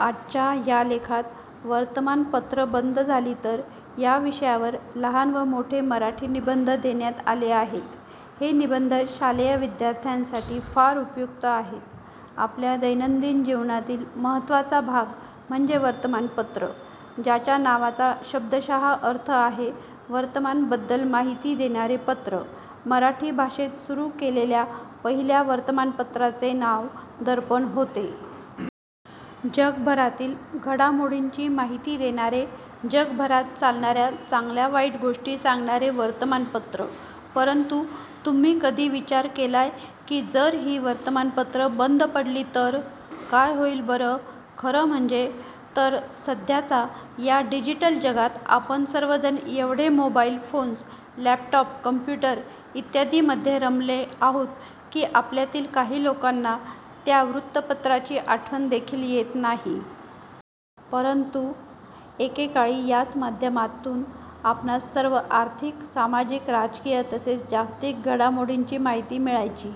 आजच्या या लेखात वर्तमान पत्र बंद झाली तर या विषयावर लहान व मोठे मराठी निबंध देण्यात आले आहेत. हे निबंध शालेय विद्यार्थ्यांसाठी फार उपयुक्त आहेत. आपल्या दैनंदिन जीवनातील महत्वाचा भाग म्हणजे वर्तमानपत्र. ज्याच्या नावाचा शब्दशः अर्थ आहे वर्तमान बद्दल माहिती देणार पत्र, मराठी भाषेत सुरू केलेल्या पहिल्या वर्तमान पत्राचे नाव दर्पण होते. जगभरातील घडामोडींची माहिती देणारे, जगभरात चालणाऱ्या चांगल्या वाईट गोष्टीं सांगणारे वर्तमानपत्र..! परंतु तुम्ही कधी विचार केलाय कि, जर ही वर्तमानपत्र बंद पडली तर...? काय होईल बर... खर म्हणजे तर सध्याचा या डिजिटल जगात आपण सर्वजण एवढे मोबाईल फोन्स, लॅपटॉप, कॉम्प्युटर इत्यादि मध्ये रमले आहोत की आपल्यातील काही लोकांना त्या वृत्तपत्राची आठवण देखील येत नाही. परंतु एकेकाळी याच माध्यमातून आपणास सर्व आर्थिक, सामाजिक, राजकीय तसेच जागतिक घडामोडींची माहिती मिळायची.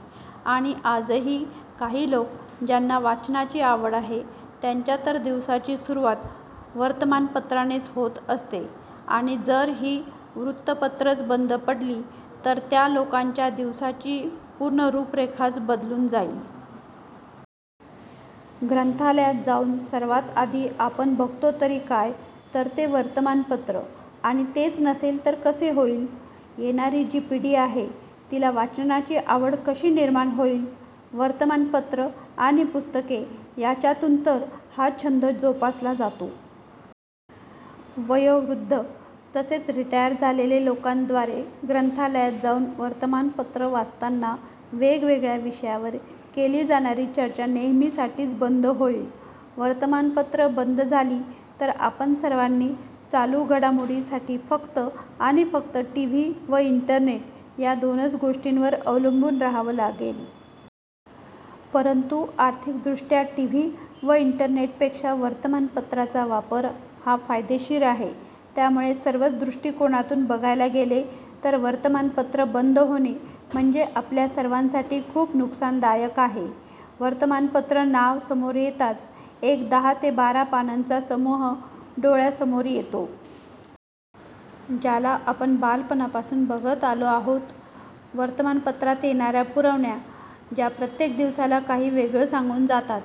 आणि आजही काही लोक ज्यांना वाचनाची आवड आहे त्यांच्या तर दिवसाची सुरुवात वर्तमानपत्रानेच होत असते. आणि जर ही वृतपत्रच बंद पडली तर त्या लोकांच्या दिवसाची पूर्ण रूप रेखाच बदलून जाईल..... ग्रंथालयात जाऊन सर्वात आधी आपण बघतो तरी काय तर ते वर्तमानपत्र आणि तेच नसेल तर कसे होईल? येणारी जी पिढी आहे तिला वाचनाची आवड कशी निर्माण होईल..! वर्तमानपत्र आणि पुस्तके याच्यातून तर हा छंद जोपासला जातो. वयोवृद्ध तसेच रिटायर झालेले लोकांद्वारे ग्रंथालयात जाऊन वर्तमानपत्र वाचतांना वेगवेगळ्या विषयावर केली जाणारी चर्चा नेहमीसाठीच बंद होईल. वर्तमानपत्र बंद झाली तर आपण सर्वांना चालू घडामोडी साठी फक्त आणि फक्त टीव्ही व इंटरनेट या दोनच गोष्टींवर अवलंबून राहावं लागेल. परंतु आर्थिकदृष्ट्या टीव्ही व इंटरनेटपेक्षा वर्तमानपत्राचा वापर हा फायदेशीर आहे. त्यामुळे सर्वच दृष्टिकोनातून बघायला गेले तर वर्तमानपत्र बंद होणे म्हणजे आपल्या सर्वांसाठी खूप नुकसानदायक आहे वर्तमान पत्र नाव समोर येताच एक दहा ते बारा पानांचा समूह डोळ्यासमोर येतो. ज्याला आपण बालपणापासून बघत आलो आहोत. वर्तमान पत्रात येणाऱ्या पुरवण्या ज्या प्रत्येक दिवसाला काही वेगळ सांगून जातात,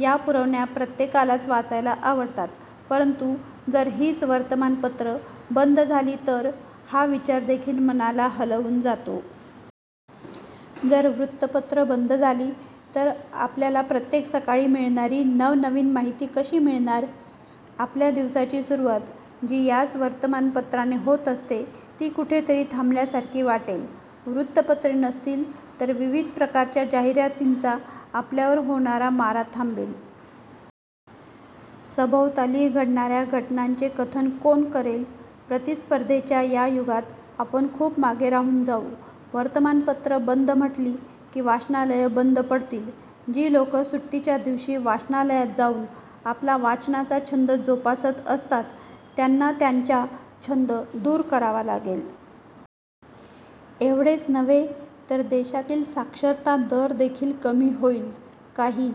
या पुरवण्या प्रत्येकालाच वाचायला आवडतात. परंतु जर हीच वर्तमान पत्र बंद झाली तर..... हा विचार देखील मनाला हलवून जातो. जर वृत्तपत्र बंद झाली तर आपल्याला प्रत्येक सकाळी मिळणारी नवनवीन माहिती कशी मिळणार? आपल्या दिवसाची सुरुवात जी याच वर्तमानपत्राने होत असते ती कुठेतरी थांबल्यासारखी वाटेल. वृत्तपत्रे नसतील तर विविध प्रकारच्या जाहिरातींचा आपल्यावर होणारा मारा थांबेल. सभोवताली घडणाऱ्या घटनांचे कथन कोण करेल? प्रतिस्पर्धेच्या या युगात आपण खूप मागे राहून जाऊ. वर्तमान पत्र बंद म्हटली की वाचनालय बंद पडतील जी लोकं सुट्टीच्या दिवशी वाचनालयात जाऊन आपला वाचनाचा छंद जोपासत असतात त्यांना त्यांच्या छंद दूर करावा लागेल. एवढेच नव्हे तर देशातील साक्षरता दर देखील कमी होईल. काही